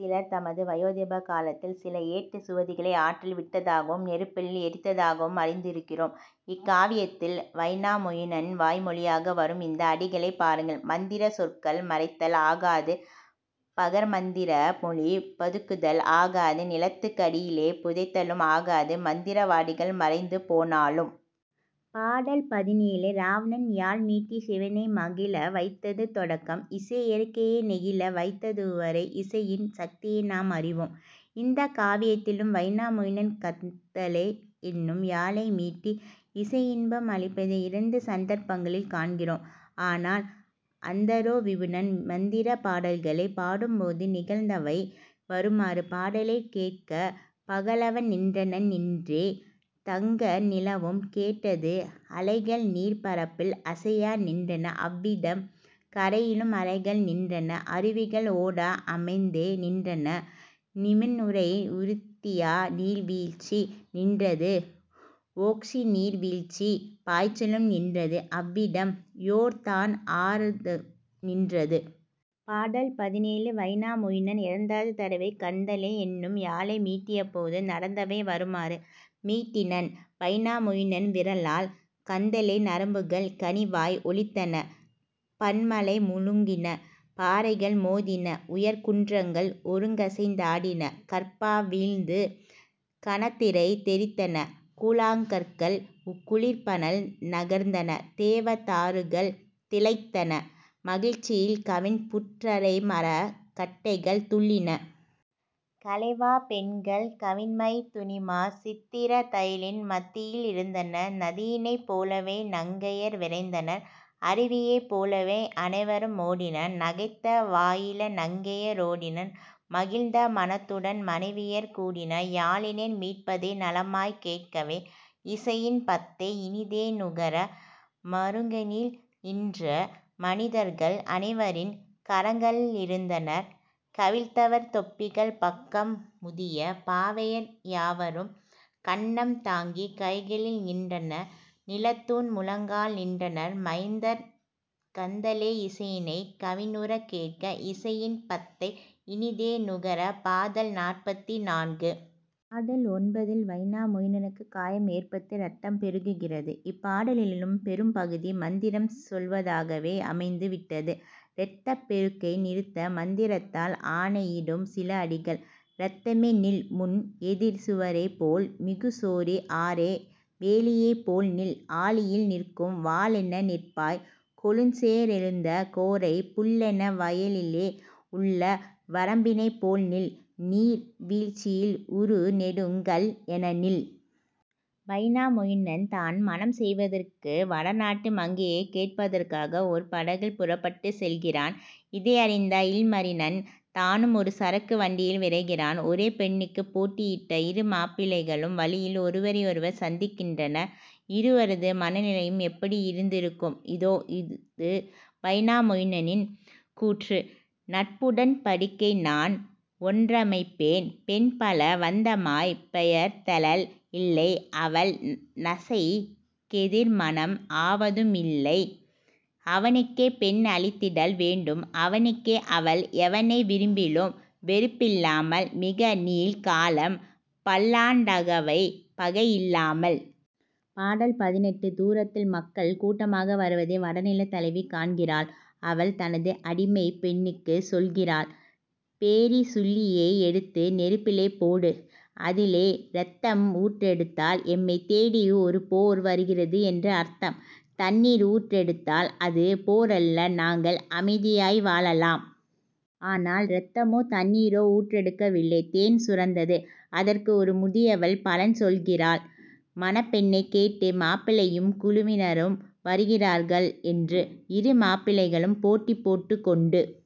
சிலர் தமது வயோதிப காலத்தில் சில ஏட்டுச் சுவடிகளை ஆற்றில் விட்டதாகவும் நெருப்பில் எரித்ததாகவும் அறிந்திருக்கிறோம். இக்காவியத்தில் வைனாமொயினன் வாய்மொழியாக வரும் இந்த அடிகளைப் பாருங்கள். மந்திரச் சொற்கள் மறைத்தல் ஆகாது பகர்மந்திர மொழி பதுக்குதல் ஆகாது நிலத்துக் கடியிலே புதைத்தலும் ஆகாது மந்திரவாதிகள் மறைந்துபோனாலும். பாடல் பதினேழு. இராவணன் யாழ் மீட்டிச் சிவனை மகிழ வைத்தது தொடக்கம் இசை இயற்கையையே நெகிழ வைத்ததுவரை இசையின் சக்தியை நாம் அறிவோம். இந்தக் காவியத்திலும் வைனாமொயினன் கந்தலே என்னும் யாழை மீட்டி இசையின்பம் அளிப்பதை இரண்டு சந்தர்ப்பங்களில் காண்கிறோம். ஆனால் அந்தரோ விபுனன் மந்திரப் பாடல்களைப் பாடும்போது நிகழ்ந்தவை வருமாறு: பாடலைக் கேட்கப் பகலவன் நின்றனன் நின்றே தங்க நிலவும் கேட்டது அலைகள்நீர்ப் பரப்பில் அசையா நின்றன அவ்விதம் கரையிலும் அலைகள் நின்றன அருவிகள் ஓடா அமைந்தே நின்றன நிமிர்நுரை உறுத்தியா நீர்வீழ்ச்சி நின்றது வுவோக்சிநீர் வீழ்ச்சிப் பாய்ச்சலும் நின்றது அவ்விதம் யோர்தான் ஆறதும் நின்றது. பாடல் பதினேழு. வைனாமொயினன் இரண்டாவது தடவை கந்தலே என்னும் யாழை மீட்டியபோது நடந்தவை வருமாறு: மீட்டினன் வைனாமொயினன் விரலால் கந்தலே நரம்புகள் கனிவாய் ஒலித்தன பன்மலை முழுங்கின பாறைகள் மோதின உயர்குன்றங்கள் ஒருங்கசைந் தாடின கற்பா வீழ்ந்து கனதிரைத் தெறித்தன கூழாங்கற்கள் குளிர்பனல் நகர்ந்தன தேவ தாருகள் திளைத்தன மகிழ்ச்சியில் கவின்புற்றரைமரக் கட்டைகள் துள்ளின. கலேவாப் பெண்கள் கவின்மைத்துனிமார் சித்திரத் தையலின் மத்தியிலிருந்தனர் நதியினைப் போலவே நங்கையர் விரைந்தனர் அருவியைப் போலவே அனைவரு மோடினர் நகைத்த வாயிள நங்கைய ரோடினர் மகிழ்ந்த மனத்துடன் மனைவியர் கூடினர் யாழினை மீட்பதை நலமாய்க் கேட்கவே இசையின் பத்தை இனிதே நுகர. மருங்கினில் நின்ற மனிதர்கள் அனைவரின் கரங்களிலிருந்தனர் கவிழ்த்தவர் தொப்பிகள் பக்கம் முதிய பாவையர் யாவரும் கன்னம் தாங்கிக் கைகளில் நின்றனர் நிலத்தூன் முழங்கால் நின்றனர் மைந்தர் கந்தலே இசையினைக் கவினுறக் கேட்க இசையின் பத்தை இனிதே நுகர பாடல் நாற்பத்து நான்கு. பாடல் ஒன்பதில் வைனாமொயினனுக்குக் காயம் ஏற்பட்டு இரத்தம் பெருகுகிறது. இப்பாடலிலும் பெரும்பகுதி மந்திரம் சொல்வதாகவே அமைந்து விட்டது. இரத்தப் பெருக்கை நிறுத்த மந்திரத்தால் ஆணையிடும் சில அடிகள்: இரத்தமே நில்முன் எதிர்சுவரைப் போல் மிகுசோரி ஆறே வேலியைப் போல்நில் ஆழியில் நிற்கும் வாளென நிற்பாய் கொழுஞ்சேறெழுந்த கோரைப் புல்லென வயலிலே உள்ள வரம்பினைப் போல்நில் நீர்வீழ்ச்சியில் உறுநெடுங்கல் எனநில். வைனாமொயினன் தான் மணம் செய்வதற்கு வட நாட்டு மங்கையைக் கேட்பதற்காக ஒரு படகில் புறப்பட்டுச் செல்கிறான். இதையறிந்த இல்மரினன் தானும் ஒரு சறுக்கு வண்டியில் விரைகிறான். ஒரே பெண்ணுக்குப் போட்டியிட்ட இரு மாப்பிள்ளைகளும் வழியில் ஒருவரையொருவர் சந்திக்கின்றனர். இருவரது மனநிலையும் எப்படி இருந்திருக்கும்? இதோ இது வைனாமொயினனின் கூற்று: நட்புடன் படிக்கை நான் ஒன்றமைப்பேன் பெண்பல வந்தமாய் பெயர்த்தெழல் இல்லை அவள்நசைக் கெதிர்மணம் ஆவதும் இல்லை அவனுக்கே பெண் அளித்திடல் வேண்டும் அவனுக்கே அவள் எவனை விரும்பிலும் வெறுப்பில்லாமல் மிகநீள் காலம் பல்லாண்டகவை பகையில்லாமல். பாடல் பதினெட்டு. தூரத்தில் மக்கள் கூட்டமாக வருவதை வடநிலத் தலைவி காண்கிறாள். அவள் தனது அடிமைப் பெண்ணுக்குச் சொல்கிறாள்: பேரிச் சுள்ளியை எடுத்து நெருப்பிலே போடு. அதிலே இரத்தம் ஊற்றெடுத்தால் எம்மைத் தேடி ஒரு போர் வருகிறது என்று அர்த்தம். தண்ணீர் ஊற்றெடுத்தால், அது போரல்ல நாங்கள் அமைதியாய் வாழலாம். ஆனால் இரத்தமோ தண்ணீரோ ஊற்றெடுக்கவில்லை தேன் சுரந்தது. அதற்கு ஒரு முதியவள் பலன் சொல்கிறாள்: மணப்பெண்ணைக் கேட்டு மாப்பிள்ளையும் குழுவினரும் வருகிறார்கள் என்று. இரு மாப்பிள்ளைகளும் போட்டி போட்டுக் கொண்டு